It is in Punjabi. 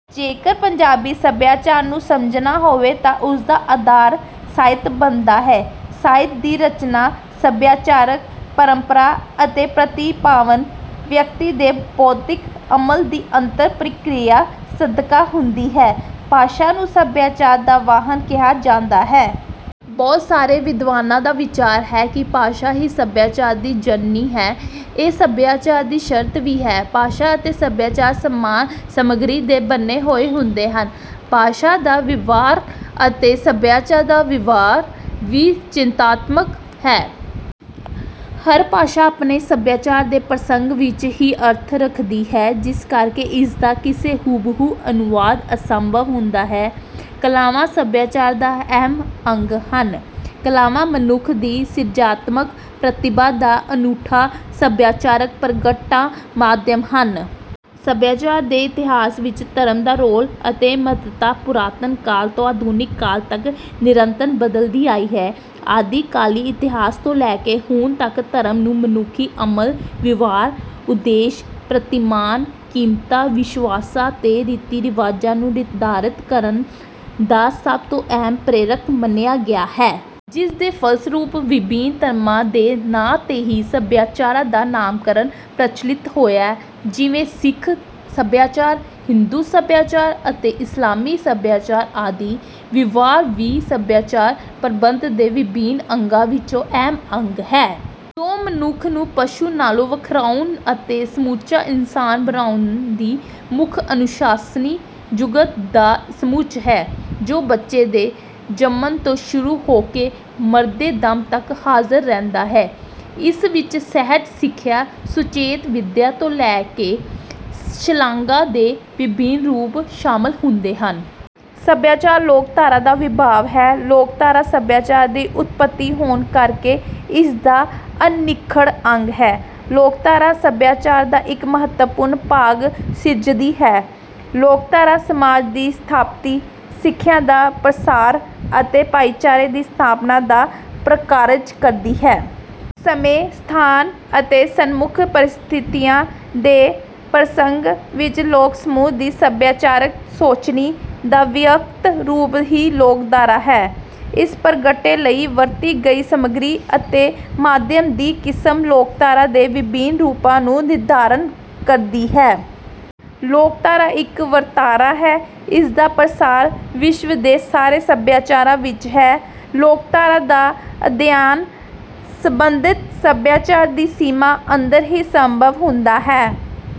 ਜੇਕਰ ਪੰਜਾਬੀ ਸਭਿਆਚਾਰ ਨੂੰ ਸਮਝਣਾ ਹੋਵੇ ਤਾਂ ਉਸ ਦਾ ਆਧਾਰ ਸਾਹਿਤ ਬਣਦਾ ਹੈ। ਸਾਹਿਤ ਦੀ ਰਚਨਾ ਸਭਿਆਚਾਰਕ ਪਰੰਪਰਾ ਅਤੇ ਪ੍ਰਤਿਭਾਵਾਨ ਵਿਅਕਤੀ ਦੇ ਬੋਧਿਕ ਅਮਲ ਦੀ ਅੰਤਰ ਪ੍ਰਕਿਰਿਆ ਸਦਕਾ ਹੁੰਦੀ ਹੈ। ਭਾਸ਼ਾ ਨੂੰ ਸਭਿਆਚਾਰ ਦਾ ਵਾਹਣ ਕਿਹਾ ਜਾਂਦਾ ਹੈ। ਬਹੁਤ ਸਾਰੇ ਵਿਦਵਾਨਾਂ ਦਾ ਵਿਚਾਰ ਹੈ ਕਿ ਭਾਸ਼ਾ ਹੀ ਸਭਿਆਚਾਰ ਦੀ ਜਨਨੀ ਹੈ। ਇਹ ਸਭਿਆਚਾਰ ਦੀ ਸ਼ਰਤ ਵੀ ਹੈ। ਭਾਸ਼ਾ ਅਤੇ ਸਭਿਆਚਾਰ ਸਮਾਨ ਸਮੱਗਰੀ ਦੇ ਬਣੇ ਹੋਏ ਹੁੰਦੇ ਹਨ। ਭਾਸ਼ਾ ਦਾ ਵਿਵਹਾਰ ਅਤੇ ਸਭਿਆਚਾਰ ਦਾ ਵਿਵਹਾਰ ਵੀ ਚਿੰਨ੍ਹਾਤਮਕ ਹੈ। ਹਰ ਭਾਸ਼ਾ ਆਪਣੇ ਸਭਿਆਚਾਰ ਦੇ ਪ੍ਰਸੰਗ ਵਿੱਚ ਹੀ ਅਰਥ ਰੱਖਦੀ ਹੈ ਜਿਸ ਕਰਕੇ ਇਸ ਦਾ ਕਿਸੇ ਹੂ-ਬ-ਹੂ ਅਨੁਵਾਦ ਅਸੰਭਵ ਹੁੰਦਾ ਹੈ। ਕਲਾਵਾਂ ਸਭਿਆਚਾਰ ਦਾ ਅਹਿਮ ਅੰਗ ਹਨ। ਕਲਾਵਾਂ ਮਨੁੱਖ ਦੀ ਸਿਰਜਾਤਮਕ ਪ੍ਰਤਿਭਾ ਦਾ ਅਨੂਠਾ ਸਭਿਆਚਾਰਕ ਪ੍ਰਗਟਾ-ਮਾਧਿਅਮ ਹਨ। ਸਭਿਆਚਾਰ ਦੇ ਇਤਿਹਾਸ ਵਿੱਚ ਧਰਮ ਦਾ ਰੋਲ ਅਤੇ ਮਹੱਤਤਾ ਪੁਰਾਤਨ ਕਾਲ ਤੋਂ ਆਧੁਨਿਕ ਕਾਲ ਤੱਕ ਨਿਰੰਤਰ ਬਦਲਦੀ ਆਈ ਹੈ। ਆਦਿ-ਕਾਲੀ ਇਤਿਹਾਸ ਤੋਂ ਲੈ ਕੇ ਹੁਣ ਤੱਕ ਧਰਮ ਨੂੰ ਮਨੁੱਖੀ ਅਮਲ, ਵਿਵਹਾਰ, ਉਦੇਸ਼, ਪ੍ਰਤਿਮਾਨ, ਕੀਮਤਾਂ, ਵਿਸ਼ਵਾਸਾਂ ਤੇ ਰੀਤੀ-ਰਿਵਾਜਾਂ ਨੂੰ ਨਿਰਧਾਰਿਤ ਕਰਨ ਦਾ ਸਭ ਤੋਂ ਅਹਿਮ ਪ੍ਰੇਰਕ ਮੰਨਿਆ ਗਿਆ ਹੈ। ਜਿਸਦੇ ਫਲਸਰੂਪ ਵਿਭਿੰਨ ਧਰਮਾਂ ਦੇ ਨਾਂ 'ਤੇ ਹੀ ਸਭਿਆਚਾਰਾਂ ਦਾ ਨਾਮਕਰਣ ਪ੍ਰਚਲਿਤ ਹੋਇਆ ਜਿਵੇਂ ਸਿੱਖ ਸਭਿਆਚਾਰ, ਹਿੰਦੂ ਸਭਿਆਚਾਰ ਅਤੇ ਇਸਲਾਮੀ ਸਭਿਆਚਾਰ ਆਦਿ। ਵਿਵਹਾਰ ਵੀ ਸਭਿਆਚਾਰ ਪ੍ਰਬੰਧ ਦੇ ਵਿਭਿੰਨ ਅੰਗਾਂ ਵਿਚੋਂ ਅਹਿਮ ਅੰਗ ਹੈ। ਜੋ ਮਨੁੱਖ ਨੂੰ ਪਸ਼ੂ ਨਾਲੋਂ ਵਖਰਿਆਉਣ ਅਤੇ ਸਮੁੱਚਾ ਇਨਸਾਨ ਬਣਾਉਣ ਦੀ ਮੁੱਖ ਅਨੁਸ਼ਾਸਨੀ-ਜੁਗਤ ਦਾ ਸਮੁੱਚ ਹੈ। ਜੋ ਬੱਚੇ ਦੇ ਜੰਮਣ ਤੋਂ ਸ਼ੁਰੂ ਹੋ ਕੇ ਮਰਦੇ ਦਮ ਤੱਕ ਹਾਜ਼ਰ ਰਹਿੰਦਾ ਹੈ। ਇਸ ਵਿੱਚ ਸਹਿਜ ਸਿਖਿਆ, ਸੁਚੇਤ ਵਿਦਿਆ ਤੋਂ ਲੈ ਕੇ ਸ਼ਲਾਂਘਾ ਦੇ ਵਿਭਿੰਨ ਰੂਪ ਸ਼ਾਮਲ ਹੁੰਦੇ ਹਨ। ਸਭਿਆਚਾਰ ਲੋਕਧਾਰਾ ਦਾ ਵਿਭਾਵ ਹੈ। ਲੋਕਧਾਰਾ ਸਭਿਆਚਾਰ ਦੀ ਉਤਪਤੀ ਹੋਣ ਕਰਕੇ ਇਸ ਦਾ ਅਨਿੱਖੜ ਅੰਗ ਹੈ। ਲੋਕਧਾਰਾ ਸਭਿਆਚਾਰ ਦਾ ਇੱਕ ਮਹੱਤਵਪੂਰਨ ਭਾਗ ਸਿਰਜਦੀ ਹੈ। ਲੋਕਧਾਰਾ ਸਮਾਜ ਦੀ ਸਥਾਪਤੀ, ਸਿੱਖਿਆ ਦਾ ਪ੍ਰਸਾਰ ਅਤੇ ਭਾਈਚਾਰੇ ਦੀ ਸਥਾਪਨਾ ਦਾ ਪ੍ਰਕਾਰਜ ਕਰਦੀ ਹੈ। ਸਮੇਂ, ਸਥਾਨ ਅਤੇ ਸਨਮੁੱਖ ਪਰਿਸਥਿਤੀਆਂ ਦੇ ਪ੍ਰਸੰਗ ਵਿੱਚ ਲੋਕ-ਸਮੂਹ ਦੀ ਸਭਿਆਚਾਰਕ ਸੋਚਨੀ ਦਾ ਵਿਅਕਤ ਰੂਪ ਹੀ ਲੋਕਧਾਰਾ ਹੈ। ਇਸ ਪ੍ਰਗਟੇ ਲਈ ਵਰਤੀ ਗਈ ਸਮੱਗਰੀ ਅਤੇ ਮਾਧਿਅਮ ਦੀ ਕਿਸਮ ਲੋਕਧਾਰਾ ਦੇ ਵਿਭਿੰਨ ਰੂਪਾਂ ਨੂੰ ਨਿਰਧਾਰਤ ਕਰਦੀ ਹੈ। ਲੋਕਧਾਰਾ ਇੱਕ ਵਰਤਾਰਾ ਹੈ। ਇਸ ਦਾ ਪ੍ਰਸਾਰ ਵਿਸ਼ਵ ਦੇ ਸਾਰੇ ਸਭਿਆਚਾਰਾਂ ਵਿੱਚ ਹੈ। ਲੋਕਧਾਰਾ ਦਾ ਅਧਿਐਨ ਸੰਬੰਧਤ ਸਭਿਆਚਾਰ ਦੀ ਸੀਮਾ ਅੰਦਰ ਹੀ ਸੰਭਵ ਹੁੰਦਾ ਹੈ।